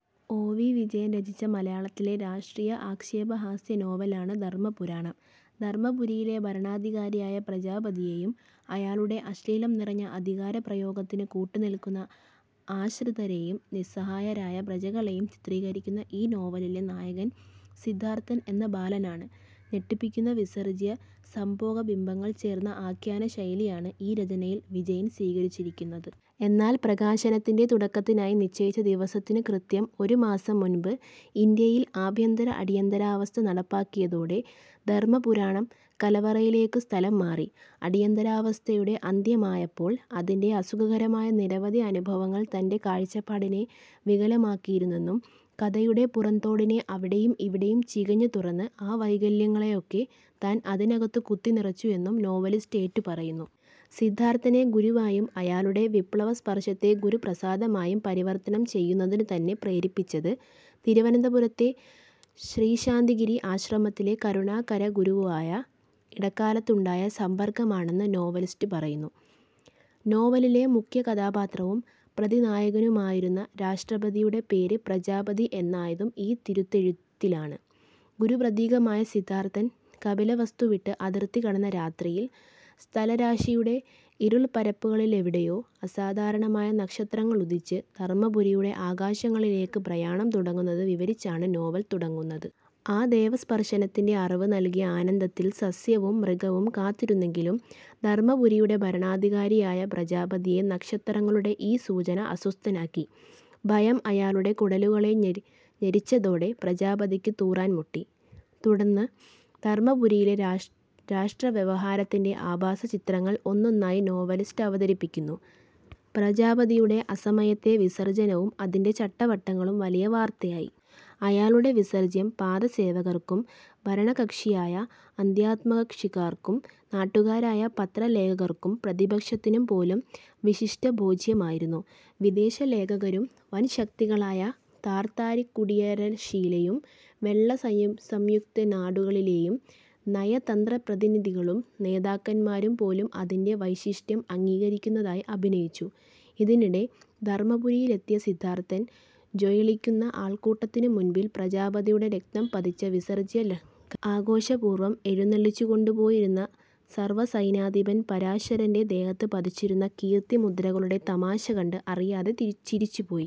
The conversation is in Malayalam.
ഒ. വി. വിജയൻ രചിച്ച മലയാളത്തിലെ രാഷ്ട്രീയ ആക്ഷേപഹാസ്യ നോവൽ ആണ് ധർമ്മപുരാണം. ധർമ്മപുരിയിലെ ഭരണാധികാരിയായ പ്രജാപതിയെയും അയാളുടെ അശ്ലീലം നിറഞ്ഞ അധികാരപ്രയോഗത്തിന് കൂട്ടുനിൽക്കുന്ന ആശ്രിതരേയും നിസ്സഹായരായ പ്രജകളെയും ചിത്രീകരിക്കുന്ന ഈ നോവലിലെ നായകൻ സിദ്ധാർത്ഥൻ എന്ന ബാലനാണ്. ഞെട്ടിപ്പിക്കുന്ന വിസർജ്ജ്യ, സംഭോഗ ബിംബങ്ങൾ ചേർന്ന ആഖ്യാന ശൈലിയാണ് ഈ രചനയിൽ വിജയൻ സ്വീകരിച്ചിരിക്കുന്നത്. എന്നാൽ പ്രകാശനത്തിന്റെ തുടക്കത്തിനായി നിശ്ചയിച്ച ദിവസത്തിനു കൃത്യം ഒരു മാസം മുൻപ് ഇൻഡ്യയിൽ ആഭ്യന്തര അടിയന്തരാവസ്ഥ നടപ്പാക്കിയതോടെ "ധർമ്മപുരാണം, കലവറയിലേയ്ക്കു സ്ഥലം മാറി". അടിയന്തരാവസ്ഥയുടെ അന്ത്യമായപ്പോൾ, അതിന്റെ അസുഖകരമായ നിരവധി അനുഭവങ്ങൾ തന്റെ കാഴ്ചപ്പാടിനെ വികലമാക്കിയിരുന്നെന്നും, കഥയുടെ പുറംതോടിനെ അവിടെയും ഇവിടെയും ചികഞ്ഞു തുറന്ന് ആ വൈകല്യങ്ങളെയൊക്കെ താൻ അതിനകത്തു കുത്തി നിറച്ചു എന്നും നോവലിസ്റ്റ് ഏറ്റു പറയുന്നു. സിദ്ധാർത്ഥനെ ഗുരുവായും അയാളുടെ വിപ്ലവസ്പർശത്തെ ഗുരുപ്രസാദമായും പരിവർത്തനം ചെയ്യുന്നതിനു തന്നെ പ്രേരിപ്പിച്ചത്, തിരുവനന്തപുരത്തെ ശ്രീശാന്തിഗിരി ആശ്രമത്തിലെ കരുണാകരഗുരുവുമായി ഇടക്കാലത്തുണ്ടായ സമ്പർക്കമാണെന്ന് നോവലിസ്റ്റ് പറയുന്നു. നോവലിലെ മുഖ്യകഥാപാത്രവും പ്രതിനായകനുമായിരുന്ന "രാഷ്ട്രപതി"-യുടെ പേര് "പ്രജാപതി" എന്നായതും ഈ തിരുത്തിയെഴുത്തിലാണ്. ഗുരുപ്രതീകമായ സിദ്ധാർത്ഥൻ കപിലവസ്തു വിട്ട് അതിർത്തി കടന്ന രാത്രിയിൽ, "സ്ഥലരാശിയുടെ ഇരുൾപ്പരപ്പുകളിലെവിടെയോ അസാധാരണമായ നക്ഷത്രങ്ങളുദിച്ച്" ധർമ്മപുരിയുടെ ആകാശങ്ങളിലേയ്ക്ക് പ്രയാണം തുടങ്ങുന്നത് വിവരിച്ചാണ് നോവൽ തുടങ്ങുന്നത്. ആ ദേവസ്പർശത്തിന്റെ അറിവ് നൽകിയ ആനന്ദത്തിൽ സസ്യവും മൃഗവും കാത്തിരുന്നെങ്കിലും ധർമ്മപുരിയുടെ ഭരണാധികാരിയായ പ്രജാപതിയെ നക്ഷത്രങ്ങളുടെ ഈ സൂചന അസ്വസ്ഥനാക്കി. ഭയം അയാളുടെ കുടലുകളെ ഞെരിച്ചതോടെ "പ്രജാപതിയ്ക്ക് തൂറാൻ മുട്ടി". തുടന്ന് ധർമ്മപുരിയിലെ രാഷ്ട്രവ്യവഹാരത്തിന്റെ ആഭാസചിത്രങ്ങൾ ഒന്നൊന്നായി നോവലിസ്റ്റ് അവതരിപ്പിക്കുന്നു. പ്രജാപതിയുടെ അസമയത്തെ വിസർജ്ജനവും അതിന്റെ ചട്ടവട്ടങ്ങളും വലിയ വാർത്തയായി. അയാളുടെ വിസർജ്ജ്യം പാദസേവകർക്കും, ഭരണകക്ഷിയായ ആധ്യാത്മകക്ഷിക്കാർക്കും, നാട്ടുകാരായ പത്രലേഖകർക്കും, പ്രതിപക്ഷത്തിനും പോലും വിശിഷ്ടഭോജ്യമായിരുന്നു. വിദേശലേഖകരും, വൻശക്തികളായ താർത്താരിക്കുടിയരശിലേയും വെള്ള സംയുക്തനാടുകളിലേയും നയതന്ത്രപ്രതിനിധികളും നേതാക്കന്മാരും പോലും അതിന്റെ വൈശിഷ്ട്യം അംഗീകരിക്കുന്നതായി അഭിനയിച്ചു. ഇതിനിടെ ധർമ്മപുരിയിലെത്തിയ സിദ്ധാർത്ഥൻ, ജയ്വിളിക്കുന്ന അൾകൂട്ടത്തിനു മുൻപിൽ പ്രജാപതിയുടെ രത്നം പതിച്ച വിസർജ്ജ്യഘണ്ഡം ആഘോഷപൂർവം എഴുന്നെള്ളിച്ചുകൊണ്ടുപോയിരുന്ന സർവസൈന്യാധിപൻ പരാശരന്റെ ദേഹത്ത് പതിച്ചിരുന്ന കീർത്തിമുദ്രകളുടെ തമാശ കണ്ട് അറിയാതെ ചിരിച്ചുപോയി.